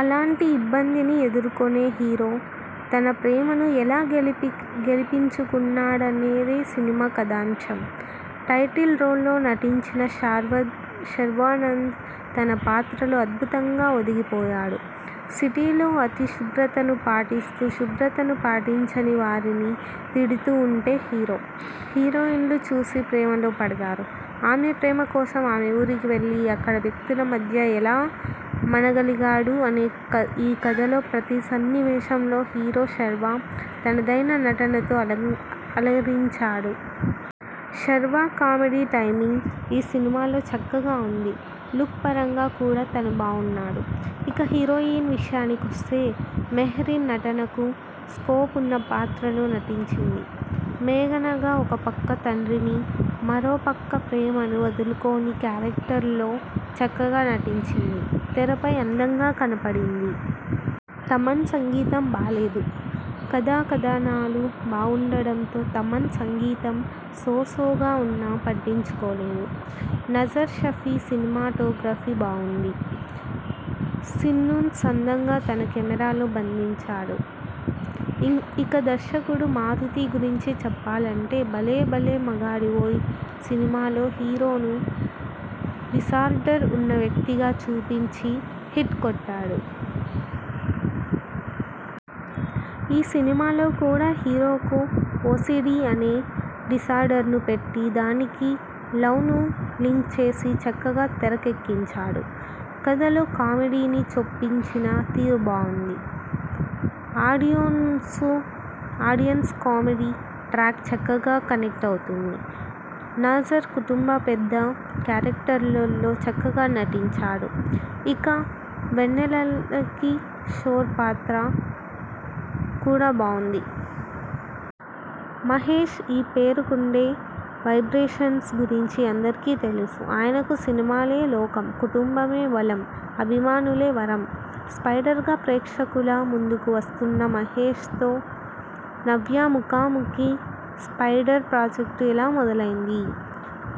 అలాంటి ఇబ్బందిని ఎదుర్కొనే హీరో, తన ప్రేమను ఎలా గెలిపించుకున్నాడనేదే సినిమా కథాంశం. టైటిల్ రోల్లో నటించిన శర్వానంద్ తన పాత్రలో అద్భుతంగా ఒదిగిపోయాడు. సిటీలో అతి శుభ్రతను పాటిస్తూ, శుభ్రతను పాటించని వారిని తిడుతూ ఉంటే హీరో, హీరోయిన్ను చూసి ప్రేమలో పడతాడు. ఆమె ప్రేమ కోసం ఆమె ఊరికి వెళ్లి, అక్కడ వ్యక్తుల మధ్య ఎలా మనగలిగాడు అనే ఈ కథలో ప్రతి సన్నివేశంలో హీరో శర్వా తనదైన నటనతో అలరించాడు. శర్వా కామెడీ టైమింగ్ ఈ సినిమాలో చక్కగా ఉంది. లుక్ పరంగా కూడా తను బావున్నాడు. ఇక హీరోయిన్ విషయానికొస్తే మెహరీన్ నటనకు స్కోప్ ఉన్న పాత్రలో నటించింది. మేఘనగా ఒక పక్క తండ్రిని, మరో పక్క ప్రేమను వదులుకోని క్యారెక్టర్లో చక్కగా నటించింది. తెరపై అందంగా కనపడింది. తమన్ సంగీతం బాలేదు. కథ, కథనాలు బావుండటంతో తమన్ సంగీతం సో సోగా ఉన్నా, పట్టించుకోలేదు. నజర్ షఫీ సినిమాటోగ్రఫీ బావుంది. సీన్స్ను అందంగా తన కెమరాలో బంధించాడు. ఇక దర్శకుడు మారుతి గురించి చెప్పాలంటే భలే భలే మగాడివోయ్ సినిమాలో హీరోను డిసార్డర్ ఉన్న వ్యక్తిగా చూపించి హిట్ కొట్టాడు. ఈసినిమాలో కూడా హీరోకు ఓసీడీ అనే డిసార్డర్ను పెట్టి, దానికి లవ్ను లింక్ చేసి చక్కగా తెరకెక్కించాడు. కథలోకామెడీని చొప్పించిన తీరు బావుంది. ఆడియెన్స్కు కామెడీ ట్రాక్ చక్కగా కనెక్ట్ అవుతుంది. నాజర్ కుటుంబ పెద్ద క్యారెక్టర్లో చక్కగా నటించాడు. ఇక వెన్నెలకిషోర్ పాత్ర కూడా బావుంది. మహేశ్ ఈ పేరుకుండే వైబ్రేషన్స్ గురించి అందరికీ తెలుసు. ఆయనకు సినిమాలే లోకం. కుటుంబమే బలం. అభిమానులే వరం. 'స్పైడర్' గా ప్రేక్షకుల ముందుకు వస్తున్న మహేశ్తో 'నవ్య' ముఖాముఖి. 'స్పైడర్' ప్రాజెక్ట్ ఎలా మొదలైంది?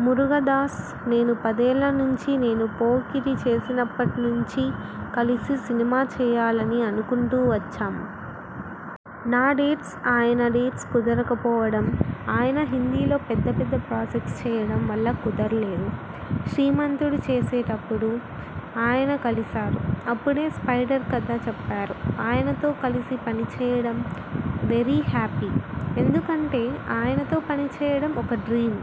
మురుగదాస్, నేను పదేళ్ల నుంచీ నేను 'పోకిరి' చేసినప్పట్నించీ కలిసి సినిమా చేయాలని అనుకుంటూ వచ్చాం. నా డేట్స్, ఆయన డేట్స్ కుదరకపోవడం, ఆయన హిందీలో పెద్ద పెద్ద ప్రాజెక్ట్స్ చేయడం వల్ల కుదరలేదు. 'శ్రీమంతుడు' చేసేప్పుడు ఆయన కలిశారు. అప్పుడే 'స్పైడర్' కథ చెప్పారు. ఆయనతో కలిసి పనిచేయడం వెరీ హ్యాపీ. ఎందుకంటే ఆయనతో పనిచేయడం ఒక డ్రీమ్.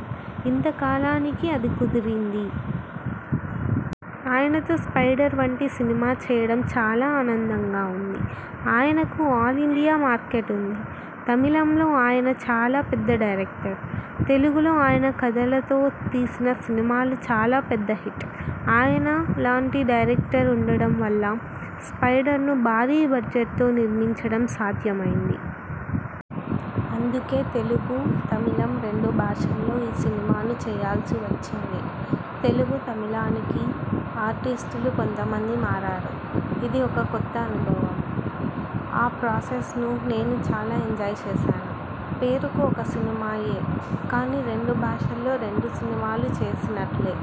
ఇంత కాలానికి అది కుదిరింది. ఆయనతో 'స్పైడర్' వంటి సినిమా చేయడం చాలా ఆనందంగా ఉంది. ఆయనకు ఆల్ ఇండియా మార్కెట్ ఉంది. తమిళంలో ఆయన చాలా పెద్ద డైరెక్టర్. తెలుగులో ఆయన కథలతో తీసిన సినిమాలు చాలా పెద్ద హిట్. ఆయన లాంటి డైరెక్టర్ ఉండటం వల్ల 'స్పైడర్'ను భారీ బడ్జెట్తో నిర్మించడం సాధ్యమైంది. అందుకే తెలుగు, తమిళం రెండు భాషల్లో ఈ సినిమాను చేయాల్సి వచ్చింది. తెలుగు, తమిళానికి ఆర్టిస్టులు కొంత మంది మారారు. ఇది ఒక కొత్త అనుభవం. ఆ ప్రాసె్సను నేను చాలా ఎంజాయ్ చేశాను. పేరుకు ఒక సినిమాయే కానీ రెండు భాషల్లో రెండు సినిమాలు చేసినట్లే!